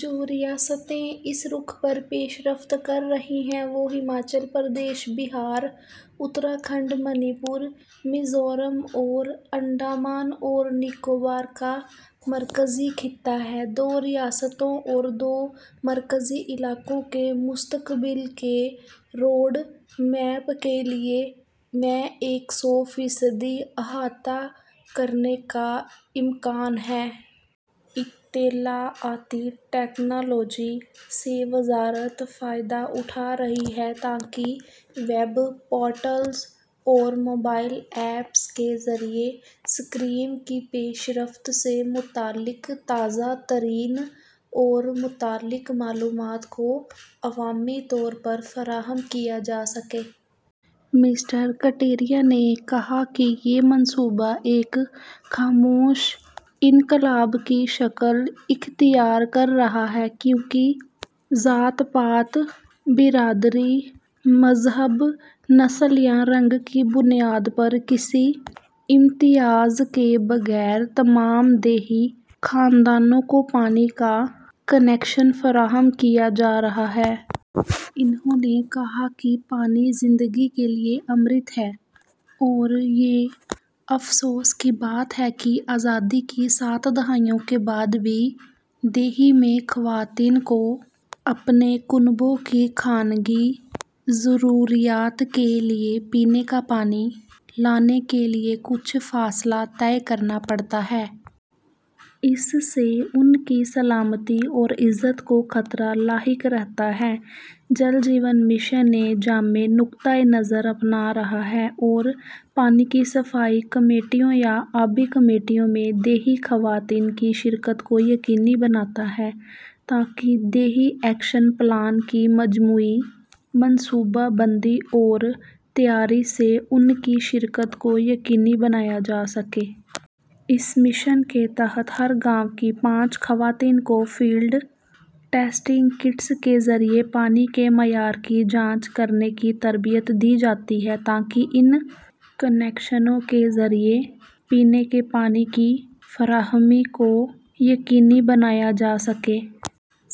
جو ریاستیں اس رُخ پر پیش رفت کررہی ہیں وہ ہماچل پردیش، بہار، اتراکھنڈ، منی پور، میزورم اور انڈمان اور نکوبار کا مرکزی خطہ ہے۔ دو ریاستوں اور دو مرکزی علاقوں کے مستقبل کے روڈ میپ کے لئے میں ایک سو فیصد احاطہ کرنے کا امکان ہے۔ اطلاعاتی ٹکنالوجی سے وزارت فائدہ اٹھا رہی ہے تاکہ ویب پورٹلز اور موبائل ایپس کے ذریعے اسکیم کی پیش رفت سے متعلق تازہ ترین اور متعلقہ معلومات کو عوامی طور پر فراہم کیا جاسکے۔ مسٹر کٹیریا نے کہا کہ یہ منصوبہ ایک خاموش انقلاب کی شکل اختیار کر رہا ہے کیونکہ ذات پات، برادری، مذہب، نسل یا رنگ کی بنیاد پر کسی امتیاز کے بغیر تمام دیہی خاندانوں کو پانی کا کنکشن فراہم کیا جارہا ہے۔ انہوں نے کہا کہ پانی زندگی کیلئے امرت ہے اور یہ افسوس کی بات ہے کہ آزادی کی سات دہائیوں کے بعد بھی دیہات میں خواتین کو اپنے کنبوں کی خانگی ضروریات کے لئے پینے کا پانی لانے کے لئے کچھ فاصلہ طے کرنا پڑتا ہے۔ اس سے ان کی سلامتی اور عزت کو خطرہ لاحق رہتا ہے۔ جل جیون مشن ایک جامع نقطہ نظر اپنا رہا ہے اور پانی کی صفائی کمیٹیوں یا آبی کمیٹیوں میں دیہی خواتین کی شرکت کو یقینی بناتا ہے تاکہ دیہی ایکشن پلان کی مجموعی منصوبہ بندی اور تیاری میں ان کی شرکت کو یقینی بنایا جاسکے۔ اس مشن کے تحت ہر گاؤں کی پانچ خواتین کو فیلڈ ٹیسٹنگ کٹس کے ذریعے پانی کے معیار کی جانچ کرنے کی تربیت دی جاتی ہے تاکہ ان کنکشنوں کے ذریعے پینے کے پانی کی فراہمی کو یقینی بنایا جاسکے۔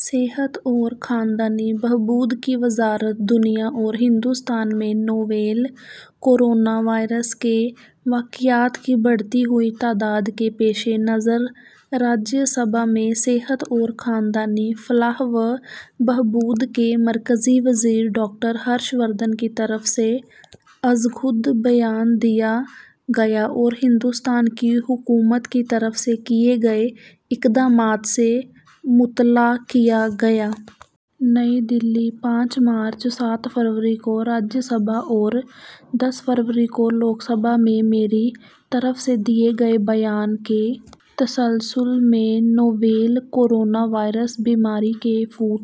صحت اور خاندانی بہبود کی وزارت دنیا اور ہندوستان میں نوویل کورونا وائرس کے واقعات کی بڑھتی ہوئی تعداد کے پیش نظر راجیہ سبھا میں صحت اور خاندانی فلاح و بہبود کے مرکزی وزیر ڈاکٹر ہرش وردھن کی طرف سے ازخود بیان دیا گیا اور ہندوستان کی حکومت کی طرف سے کئے گئے اقدامات سے مطلع کیا گیا۔ نئی دہلی، پانچ مارچ، سات فروری کو راجیہ سبھا اور اور دس فروری کو لوک سبھا میں میری طرف سے دیئے گئے بیان کے تسلسل میں، میں نوویل کورونا وائرس بیماری کے پھوٹ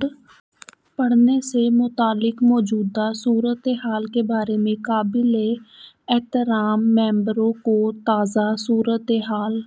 پڑنے سے متعلق موجودہ صورتحال کے بارے میں قابل احترام ممبروں کو تازہ صورتحال